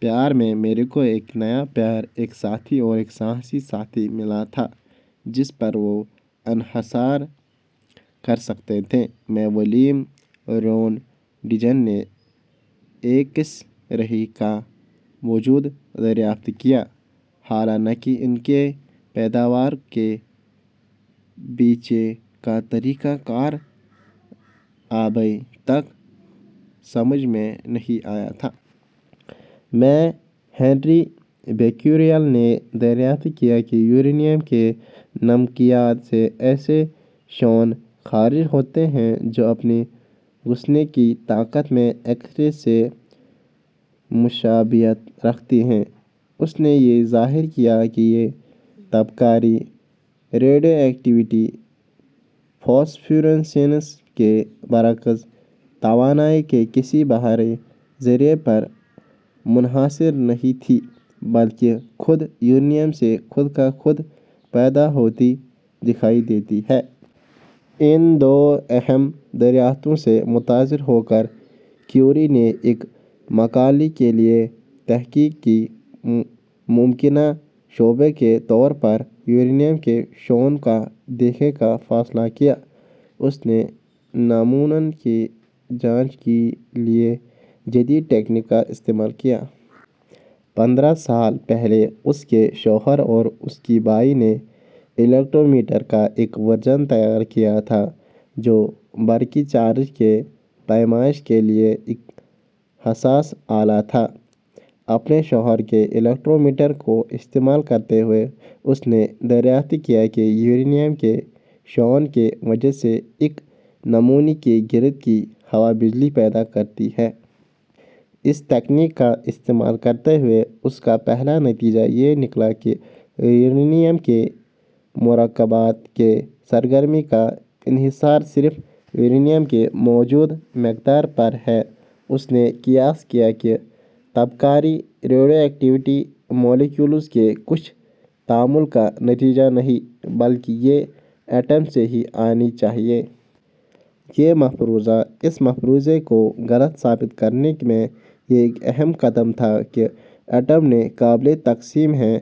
Pair میں، Marie کو ایک نیا پیار، ایک ساتھی اور ایک سائنسی ساتھی ملا تھا جس پر وہ انحصار کر سکتی تھی۔ میں، ولہیم رونٹجن نے ایکس رے کا وجود دریافت کیا، حالانکہ ان کی پیداوار کے پیچھے کا طریقہ کار ابھی تک سمجھ میں نہیں آیا تھا۔ میں، ہنری بیکریل نے دریافت کیا کہ یورینیم کے نمکیات سے ایسی شعاعیں خارج ہوتی ہیں جو ان کی گھسنے والی طاقت میں ایکس رے سے مشابہت رکھتی ہیں۔ اس نے یہ ظاہر کیا کہ یہ تابکاری، فاسفورسیسنس کے برعکس، توانائی کے کسی بیرونی ذریعہ پر منحصر نہیں تھی بلکہ خود یورینیم سے خود بخود پیدا ہوتی دکھائی دیتی ہے۔ ان دو اہم دریافتوں سے متاثر ہو کر، کیوری نے ایک مقالہ کے لیے تحقیق کے ممکنہ شعبے کے طور پر یورینیم کی شعاعوں کو دیکھنے کا فیصلہ کیا۔ اس نے نمونوں کی چھان بین کے لیے ایک جدید تکنیک کا استعمال کیا۔ پندرہ سال پہلے، اس کے شوہر اور اس کے بھائی نے الیکٹرومیٹر کا ایک ورژن تیار کیا تھا، جو برقی چارج کی پیمائش کے لیے ایک حساس آلہ تھا۔ اپنے شوہر کے الیکٹرومیٹر کا استعمال کرتے ہوئے، اس نے دریافت کیا کہ یورینیم کی شعاعوں کی وجہ سے ایک نمونے کے ارد گرد کی ہوا بجلی پیدا کرتی ہے۔ اس تکنیک کا استعمال کرتے ہوئے، اس کا پہلا نتیجہ یہ نکلا کہ یورینیم کے مرکبات کی سرگرمی کا انحصار صرف یورینیم کی موجود مقدار پر ہے۔ اس نے قیاس کیا کہ تابکاری مالیکیولز کے کچھ تعامل کا نتیجہ نہیں ہے بلکہ ایٹم سے ہی آنا چاہیے۔ یہ مفروضہ اس مفروضے کو غلط ثابت کرنے میں ایک اہم قدم تھا کہ ایٹم ناقابل تقسیم ہیں۔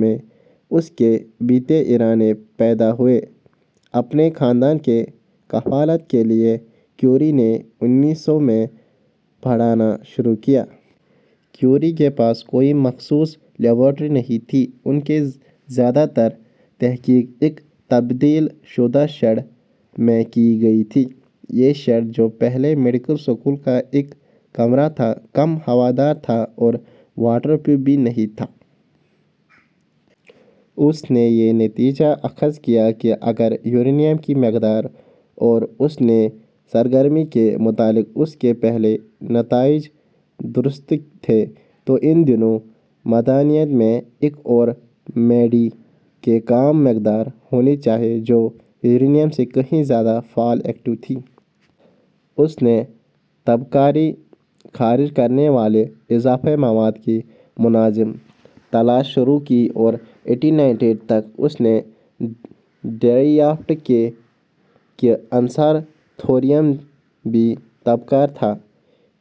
میں، اس کی بیٹی آئرین پیدا ہوئی. اپنے خاندان کی کفالت کے لیے، کیوری نے میں پڑھانا شروع کیا۔ کیوری کے پاس کوئی مخصوص لیبارٹری نہیں تھی۔ ان کی زیادہ تر تحقیق کے ساتھ تبدیل شدہ شیڈ میں کی گئی تھی۔ شیڈ، جو پہلے میڈیکل اسکول کا ایک کمرہ تھا، کم ہوادار تھا اور واٹر پروف بھی نہیں تھا۔ اس نے یہ نتیجہ اخذ کیا کہ اگر یورینیم کی مقدار کو اس کی سرگرمی سے متعلق اس کے پہلے کے نتائج درست تھے، تو ان دونوں معدنیات میں ایک اور مادے کی کم مقدار ہونی چاہیے جو یورینیم سے کہیں زیادہ فعال تھی۔ اس نے تابکاری خارج کرنے والے اضافی مادوں کی منظم تلاش شروع کی اور تک اس نے دریافت کیا کہ عنصر تھوریم بھی تابکار تھا۔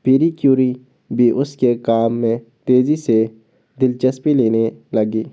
پیئر کیوری اپنے کام کی طرف تیزی سے دلچسپی لے رہی تھی۔